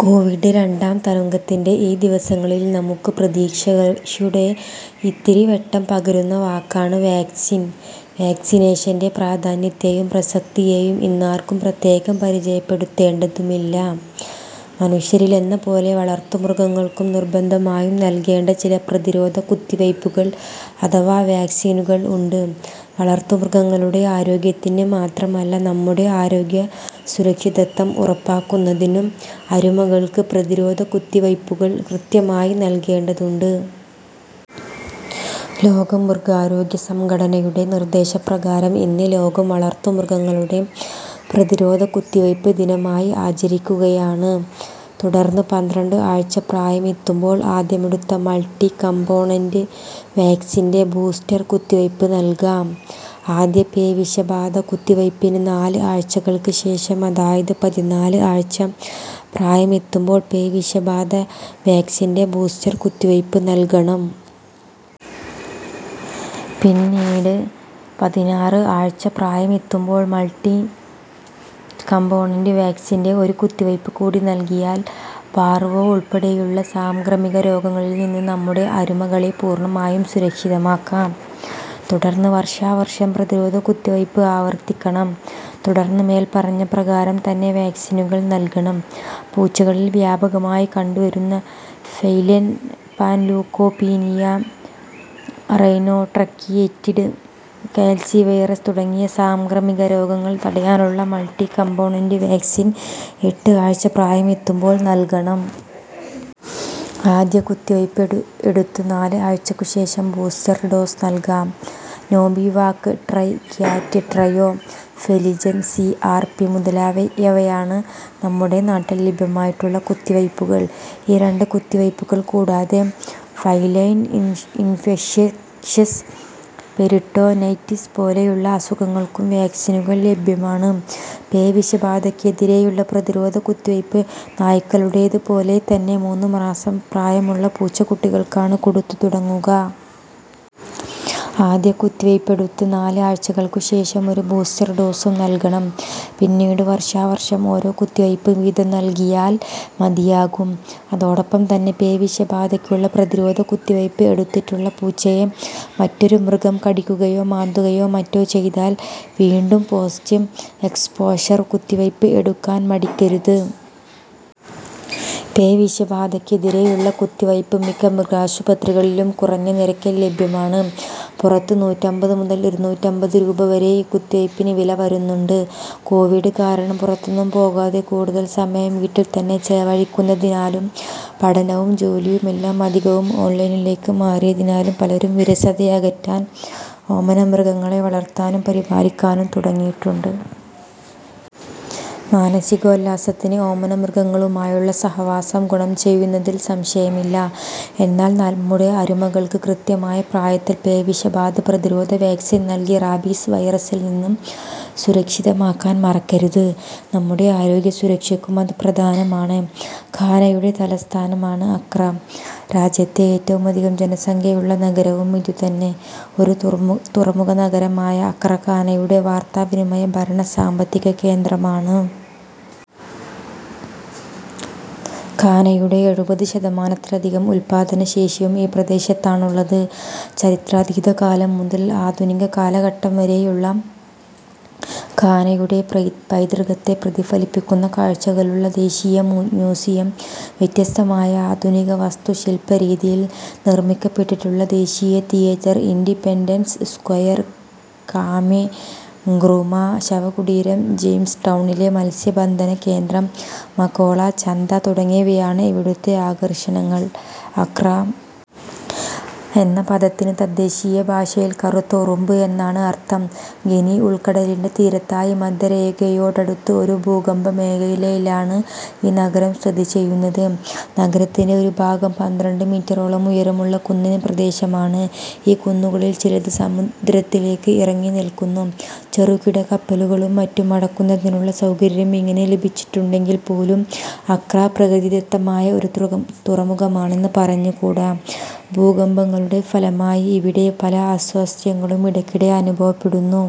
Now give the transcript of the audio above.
Covid രണ്ടാം തരംഗത്തിൻ്റെ ഈ ദിവസങ്ങളിൽ നമുക്ക് പ്രതീക്ഷയുടെ ഇത്തിരിവെട്ടം പകരുന്ന വാക്കാണ് വാക്സിൻ. വാക്സിനേഷൻ്റെ പ്രാധാന്യത്തെയും പ്രസക്തിയെയും ഇന്നാർക്കും പ്രത്യേകം പരിചയപ്പെടുത്തേണ്ടതുമില്ല. മനുഷ്യരിലെന്നപോലെ വളർത്തുമൃഗങ്ങൾക്കും നിർബന്ധമായും നൽകേണ്ട ചില പ്രതിരോധ കുത്തിവയ്പുകൾ അഥവാ വാക്സിനുകൾ ഉണ്ട്. വളർത്തുമൃഗങ്ങളുടെ ആരോഗ്യത്തിന് മാത്രമല്ല നമ്മുടെ ആരോഗ്യസുരക്ഷിതത്വം ഉറപ്പാക്കുന്നതിനും അരുമകൾക്ക് പ്രതിരോധ കുത്തിവയ്പുകൾ കൃത്യമായി നൽകേണ്ടതുണ്ട്. ലോക മൃഗാരോഗ്യ സംഘടനയുടെ നിർദേശപ്രകാരം ഇന്ന് ലോകം വളർത്തുമൃഗങ്ങളുടെ പ്രതിരോധ കുത്തിവയ്പ് ദിനമായി ആചരിക്കുകയാണ്. തുടർന്ന് പന്ത്രണ്ട് ആഴ്ച പ്രായമെത്തുമ്പോൾ ആദ്യമെടുത്ത മൾട്ടി കംപോണന്റ് വാക്സിൻ്റെ ബൂസ്റ്റർ കുത്തിവയ്പ് നൽകാം. ആദ്യ പേവിഷബാധ കുത്തിവയ്പിന് നാല് ആഴ്ചകൾക്ക് ശേഷം, അതായത് പതിനാല് ആഴ്ച പ്രായമെത്തുമ്പോൾ പേവിഷബാധ വാക്സിൻ്റെ ബൂസ്റ്റർ കുത്തിവയ്പ് നൽകണം. പിന്നീട് പതിനാറ് ആഴ്ച പ്രായമെത്തുമ്പോൾ മൾട്ടി കംപോണന്റ് വാക്സിൻ്റെ ഒരു കുത്തിവയ്പ് കൂടി നൽകിയാൽ പാർവോ ഉൾപ്പെടെയുള്ള സാംക്രമിക രോഗങ്ങളിൽനിന്ന് നമ്മുടെ അരുമകളെ പൂർണമായും സുരക്ഷിതമാക്കാം. തുടർന്ന് വർഷാവർഷം പ്രതിരോധ കുത്തിവയ്പ് ആവർത്തിക്കണം. തുടർന്ന് മേൽപ്പറഞ്ഞ പ്രകാരം തന്നെ വാക്സിനുകൾ നൽകണം. പൂച്ചകളിൽ വ്യാപകമായി കണ്ടുവരുന്ന feline panleukopenia, rhinotracheitis, calicivirus തുടങ്ങിയ സാംക്രമിക രോഗങ്ങൾ തടയാറുള്ള മൾട്ടി കംപോണന്റ് വാക്സിൻ എട്ട് ആഴ്ച പ്രായമെത്തുമ്പോൾ നൽകണം. ആദ്യ കുത്തിവയ്പെടുത്ത് നാല് ആഴ്ചയ്ക്കു ശേഷം ബൂസ്റ്റർ ഡോസ് നൽകാം. Nobivac, Tricat, Trio, Feligen C R P മുതലായവയാണ് നമ്മുടെ നാട്ടിൽ ലഭ്യമായിട്ടുള്ള കുത്തിവയ്പുകൾ. ഈ രണ്ട് കുത്തിവയ്പുകൾ കൂടാതെ ഫെലൈൻ ഇൻഫെക്ഷ്യസ് പെരിട്ടോണൈറ്റിസ് പോലെയുള്ള അസുഖങ്ങൾക്കും വാക്സിനുകൾ ലഭ്യമാണ്. പേവിഷബാധയ്‌ക്കെതിരെയുള്ള പ്രതിരോധ കുത്തിവയ്പ് നായ്ക്കളുടേത് പോലെ തന്നെ മൂന്ന് മാസം പ്രായമുള്ള പൂച്ചക്കുട്ടികൾക്കാണ് കൊടുത്തുതുടങ്ങുക. ആദ്യ കുത്തിവയ്പെടുത്ത് നാല് ആഴ്ചകൾക്കു ശേഷം ഒരു ബൂസ്റ്റർ ഡോസും നൽകണം. പിന്നീട് വർഷാവർഷം ഓരോ കുത്തിവയ്പ് വീതം നൽകിയാൽ മതിയാകും. അതോടൊപ്പം തന്നെ പേവിഷബാധയ്ക്കുള്ള പ്രതിരോധ കുത്തിവയ്പ് എടുത്തിട്ടുള്ള പൂച്ചയെ മറ്റൊരു മൃഗം കടിക്കുകയോ മാന്തുകയോ മറ്റോ ചെയ്താൽ വീണ്ടും പോസ്റ്റ് എക്സ്പോഷർ കുത്തിവയ്പ് എടുക്കാൻ മടിക്കരുത്. പേവിഷബാധയ്‌ക്കെതിരെയുള്ള കുത്തിവയ്പ് മിക്ക മൃഗാശുപത്രികളിലും കുറഞ്ഞ നിരക്കിൽ ലഭ്യമാണ്. പുറത്ത് നൂറ്റമ്പത് മുതൽ ഇരുന്നൂറ്റമ്പത് രൂപ വരെ ഈ കുത്തിവയ്പിന് വില വരുന്നുണ്ട്. കോവിഡ് കാരണം പുറത്തൊന്നും പോകാതെ കൂടുതൽ സമയം വീട്ടിൽ തന്നെ ചെലവഴിക്കുന്നതിനാലും പഠനവും ജോലിയുമെല്ലാം അധികവും ഓൺലൈനിലേക്ക് മാറിയതിനാലും പലരും വിരസതയകറ്റാൻ ഓമനമൃഗങ്ങളെ വളർത്താനും പരിപാലിക്കാനും തുടങ്ങിയിട്ടുണ്ട്. മാനസികോല്ലാസത്തിന് ഓമനമൃഗങ്ങളുമായുള്ള സഹവാസം ഗുണം ചെയ്യുമെന്നതിൽ സംശയമില്ല. എന്നാൽ നമ്മുടെ അരുമകൾക്ക് കൃത്യമായ പ്രായത്തിൽ പേവിഷബാധ പ്രതിരോധ വാക്സിൻ നൽകി റാബീസ് വൈറസിൽനിന്ന് സുരക്ഷിതമാക്കാൻ മറക്കരുത്. നമ്മുടെ ആരോഗ്യസുരക്ഷയ്ക്കും അത് പ്രധാനമാണ്. ഘാനയുടെ തലസ്ഥാനമാണ് അക്ര. രാജ്യത്തെ ഏറ്റവുമധികം ജനസംഖ്യയുള്ള നഗരവും ഇതുതന്നെ. ഒരു തുറമുഖനഗരമായ അക്ര ഘാനയുടെ വാർത്താവിനിമയ, ഭരണ, സാമ്പത്തിക കേന്ദ്രമാണ്. ഘാനയുടെ എഴുപത് ശതമാനത്തിലധികം ഉത്പാദന ശേഷിയും ഈ പ്രദേശത്താണുള്ളത്. ചരിത്രാതീതകാലം മുതൽ ആധുനിക കാലഘട്ടം വരെയുള്ള ഘാനയുടെ പൈതൃകത്തെ പ്രതിഫലിപ്പിക്കുന്ന കാഴ്ചകളുള്ള ദേശീയ മ്യൂസിയം, വ്യത്യസ്തമായ ആധുനിക വാസ്തുശിൽപരീതിയിൽ നിർമ്മിക്കപ്പെട്ടിട്ടുള്ള ദേശീയ theatre, Independence Square, Kwame Nkrumah ശവകുടീരം, ജെയിംസ്ടൗണിലെ മത്സ്യബന്ധന കേന്ദ്രം, മകോള ചന്ത തുടങ്ങിയവയാണ് ഇവിടുത്തെ ആകർഷണങ്ങൾ. അക്രാ എന്ന പദത്തിന് തദ്ദേശീയഭാഷയിൽ കറുത്ത ഉറുമ്പ് എന്നാണ് അർഥം. ഗിനി ഉൾക്കടലിൻ്റെ തീരത്തായി മധ്യരേഖയോടടുത്ത് ഒരു ഭൂകമ്പമേഖലയിലാണ് ഈ നഗരം സ്ഥിതിചെയ്യുന്നത്. നഗരത്തിൻ്റെ ഒരു ഭാഗം പന്ത്രണ്ട് മീറ്ററോളം ഉയരമുള്ള കുന്നിൻ പ്രദേശമാണ്. ഈ കുന്നുകളിൽ ചിലത് സമുദ്രത്തിലേക്ക് ഇറങ്ങിനിൽക്കുന്നു. ചെറുകിട കപ്പലുകളും മറ്റും അടുക്കുന്നതിനുള്ള സൗകര്യം ഇങ്ങനെ ലഭിച്ചിട്ടുണ്ടെങ്കിൽപ്പോലും അക്രാ പ്രകൃതിദത്തമായ ഒരു തുറമുഖമാണെന്ന് പറഞ്ഞുകൂടാ. ഭൂകമ്പങ്ങളുടെ ഫലമായി ഇവിടെ പല അസ്വാസ്ഥ്യങ്ങളും ഇടയ്ക്കിടെ അനുഭവപ്പെടുന്നു.